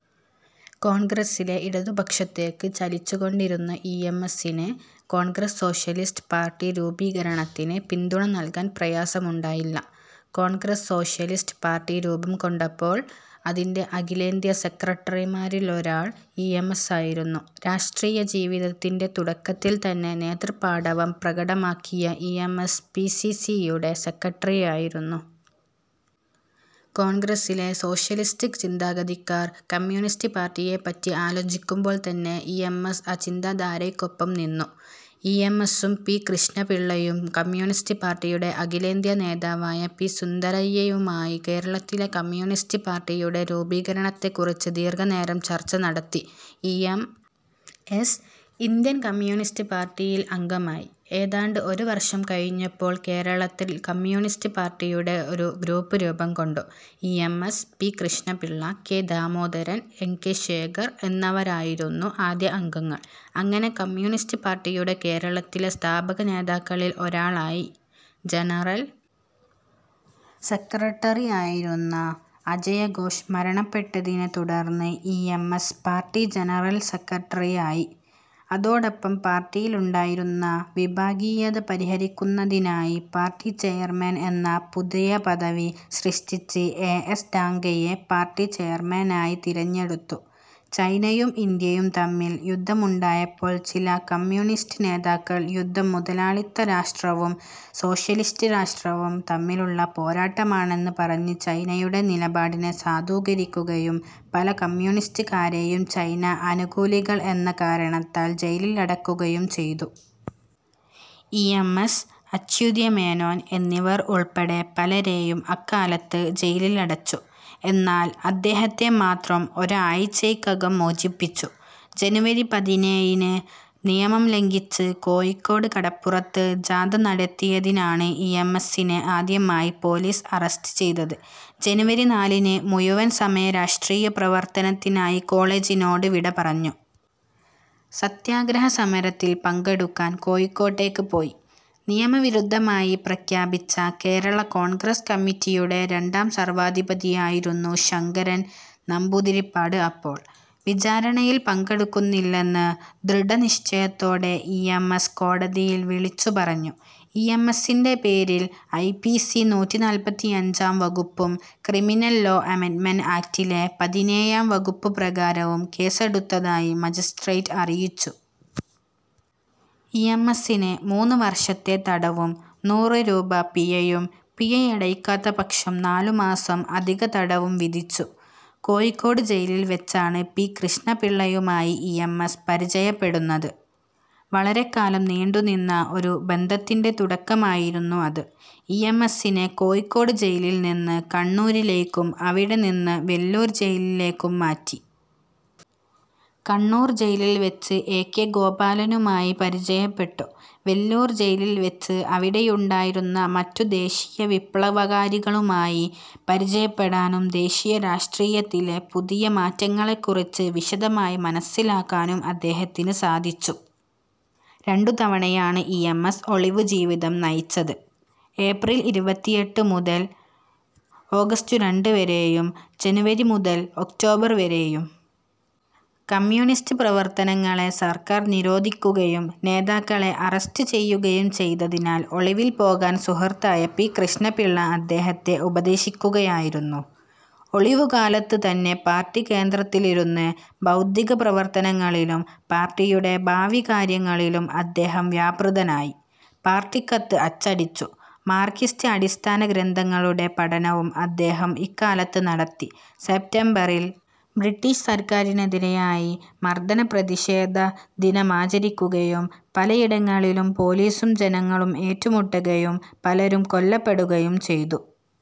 കോൺഗ്രസ്സിലെ ഇടതുപക്ഷത്തേക്ക് ചലിച്ചുകൊണ്ടിരുന്ന E. M. എസ്സിന് കോൺഗ്രസ് സോഷ്യലിസ്റ്റ് പാർട്ടി രൂപീകരണത്തിന് പിന്തുണ നൽകാൻ പ്രയാസമുണ്ടായില്ല. കോൺഗ്രസ് സോഷ്യലിസ്റ്റ് പാർട്ടി രൂപംകൊണ്ടപ്പോൾ അതിൻ്റെഅഖിലേന്ത്യാ സെക്രട്ടറിമാരിലൊരാൾ ഇ. എം. എസ്സായിരുന്നു. രാഷ്ട്രീയ ജീവിതത്തിൻ്റെതുടക്കത്തിൽത്തന്നെ നേതൃപാടവം പ്രകടമാക്കിയ E. M. S. P. C. C. യുടെ സെക്രട്ടറിയായിരുന്നു. കോൺഗ്രസിലെ സോഷ്യലിസ്റ്റ് ചിന്താഗതിക്കാർ കമ്മ്യൂണിസ്റ്റ് പാർട്ടിയെപ്പറ്റി ആലോചിക്കുമ്പോൾത്തന്നെ ഇ. എം. എസ്. ആ ചിന്താധാരയ്ക്കൊപ്പം നിന്നു. ൽ ഇ. എം. എസ്സും പി. കൃഷ്ണപിള്ളയും കമ്മ്യൂണിസ്റ്റ് പാർട്ടിയുടെ അഖിലേന്ത്യാ നേതാവായ പി. സുന്ദരയ്യയുമായി കേരളത്തിലെ കമ്മ്യൂണിസ്റ്റ് പാർട്ടിയുടെ രൂപീകരണത്തെക്കുറിച്ച് ദീർഘനേരം ചർച്ച നടത്തി. E. M. S. Indian communist പാർട്ടിയിൽ അംഗമായി. ഏതാണ്ട് ഒരു വർഷം കഴിഞ്ഞപ്പോൾ കേരളത്തിൽ കമ്മ്യൂണിസ്റ്റ് പാർട്ടിയുടെ ഒരു ഗ്രൂപ്പ് രൂപംകൊണ്ടു. E. M. S., P. Krishnapillai, K. Damodaran, N. K. Shekhar എന്നിവരായിരുന്നു ആദ്യ അംഗങ്ങൾ. അങ്ങനെ കമ്മ്യൂണിസ്റ്റ് പാർട്ടിയുടെ കേരളത്തിലെ സ്ഥാപക നേതാക്കളിൽ ഒരാളായി. ജനറൽ സെക്രട്ടറിയായിരുന്ന അജയഘോഷ് മരണപ്പെട്ടതിനെ തുടർന്ന് E. M. S. Party general സെക്രട്ടറിയായി. അതോടൊപ്പം പാർട്ടിയിലുണ്ടായിരുന്ന വിഭാഗീയത പരിഹരിക്കുന്നതിനായി പാർട്ടി ചെയർമാൻ എന്ന പുതിയ പദവി സൃഷ്ടിച്ച് എ. എസ്. ഡാംഗെയെ പാർട്ടി ചെയർമാനായി തിരഞ്ഞെടുത്തു. ചൈനയും ഇന്ത്യയും തമ്മിൽ യുദ്ധമുണ്ടായപ്പോൾ ചില കമ്മ്യൂണിസ്റ്റ് നേതാക്കൾ യുദ്ധം മുതലാളിത്ത രാഷ്ട്രവും സോഷ്യലിസ്റ്റ് രാഷ്ട്രവും തമ്മിലുള്ള പോരാട്ടമാണെന്ന് പറഞ്ഞ് ചൈനയുടെ നിലപാടിനെ സാധൂകരിക്കുകയും പല കമ്മ്യൂണിസ്റ്റുകാരെയും ചൈന അനുകൂലികൾ എന്ന കാരണത്താൽ ജയിലിലടക്കുകയും ചെയ്തു. E. M. S., Achutha Menon എന്നിവർ ഉൾപ്പെടെ പലരെയും അക്കാലത്ത് ജയിലിലടച്ചു. എന്നാൽ അദ്ദേഹത്തെ മാത്രം ഒരാഴ്ചയ്ക്കകം മോചിപ്പിച്ചു. ജനുവരി പതിനേഴിന് നിയമം ലംഘിച്ച് കോഴിക്കോട് കടപ്പുറത്ത് ജാഥ നടത്തിയതിനാണ് ഇ. എം. എസ്സിനെ ആദ്യമായി പോലീസ് അറസ്റ്റ് ചെയ്തത്. ജനുവരി നാലിന് മുഴുവൻ സമയ രാഷ്ട്രീയ പ്രവർത്തനത്തിനായി കോളേജിനോട് വിടപറഞ്ഞു. സത്യാഗ്രഹ സമരത്തിൽ പങ്കെടുക്കാൻ കോഴിക്കോട്ടേക്ക് പോയി. നിയമവിരുദ്ധമായി പ്രഖ്യാപിച്ച കേരള കോൺഗ്രസ് കമ്മിറ്റിയുടെ രണ്ടാം സർവാധിപതിയായിരുന്നു ശങ്കരൻ നമ്പൂതിരിപ്പാട് അപ്പോൾ. വിചാരണയിൽ പങ്കെടുക്കുന്നില്ലെന്ന് ദൃഢനിശ്ചയത്തോടെ ഇ. എം. എസ്. കോടതിയിൽ വിളിച്ചുപറഞ്ഞു. ഇ. എം. എസ്സിൻ്റെപേരിൽ ഐ. പി. സി. നൂറ്റിനാൽപ്പത്തിയഞ്ചാം വകുപ്പും ക്രിമിനൽ ലോ അമെൻഡ്മെന്റ് ആക്ടിലെ പതിനേഴാം വകുപ്പുപ്രകാരവും കേസെടുത്തതായി മജിസ്ട്രേറ്റ് അറിയിച്ചു. ഇ. എം. എസ്സിന് മൂന്ന് വർഷത്തെ തടവും നൂറു രൂപ പിഴയും, പിഴയടയ്ക്കാത്ത പക്ഷം നാലുമാസം അധിക തടവും വിധിച്ചു. കോഴിക്കോട് ജയിലിൽവെച്ചാണ് പി. കൃഷ്ണപിള്ളയുമായി ഇ. എം. എസ്. പരിചയപ്പെടുന്നത്. വളരെക്കാലം നീണ്ടുനിന്ന ഒരു ബന്ധത്തിൻ്റെതുടക്കമായിരുന്നു അത്. ഇ. എം. എസ്സിനെ കോഴിക്കോട് ജയിലിൽനിന്ന് കണ്ണൂരിലേക്കും അവിടെനിന്ന് വെല്ലൂർ ജയിലിലേക്കും മാറ്റി. കണ്ണൂർ ജയിലിൽവെച്ച് എ. കെ. ഗോപാലനുമായി പരിചയപ്പെട്ടു. വെല്ലൂർ ജയിലിൽവെച്ച് അവിടെയുണ്ടായിരുന്ന മറ്റു ദേശീയ വിപ്ലവകാരികളുമായി പരിചയപ്പെടാനും ദേശീയ രാഷ്ട്രീയത്തിലെ പുതിയ മാറ്റങ്ങളെക്കുറിച്ച് വിശദമായി മനസ്സിലാക്കാനും അദ്ദേഹത്തിന് സാധിച്ചു. രണ്ടുതവണയാണ് ഇ. എം. എസ്. ഒളിവുജീവിതം നയിച്ചത്. ഏപ്രിൽ ഇരുപത്തിയെട്ട് മുതൽ ഓഗസ്റ്റ് രണ്ട് വരെയും ജനുവരി മുതൽ ഒക്ടോബർ വരെയും. കമ്മ്യൂണിസ്റ്റ് പ്രവർത്തനങ്ങളെ സർക്കാർ നിരോധിക്കുകയും നേതാക്കളെ അറസ്റ്റ് ചെയ്യുകയും ചെയ്തതിനാൽ ഒളിവിൽ പോകാൻ സുഹൃത്തായ പി. കൃഷ്ണപിള്ള അദ്ദേഹത്തെ ഉപദേശിക്കുകയായിരുന്നു. ഒളിവുകാലത്ത് തന്നെ പാർട്ടി കേന്ദ്രത്തിലിരുന്ന് ബൗദ്ധിക പ്രവർത്തനങ്ങളിലും പാർട്ടിയുടെ ഭാവികാര്യങ്ങളിലും അദ്ദേഹം വ്യാപൃതനായി. പാർട്ടിക്കത്ത് അച്ചടിച്ചു. മാർക്സിസ്റ്റ് അടിസ്ഥാന ഗ്രന്ഥങ്ങളുടെ പഠനവും അദ്ദേഹം ഇക്കാലത്ത് നടത്തി. സെപ്റ്റംബറിൽ ബ്രിട്ടീഷ് സർക്കാരിനെതിരായി മർദന പ്രതിഷേധ ദിനമാചരിക്കുകയും പലയിടങ്ങളിലും പോലീസും ജനങ്ങളും ഏറ്റുമുട്ടുകയും പലരും കൊല്ലപ്പെടുകയും ചെയ്തു.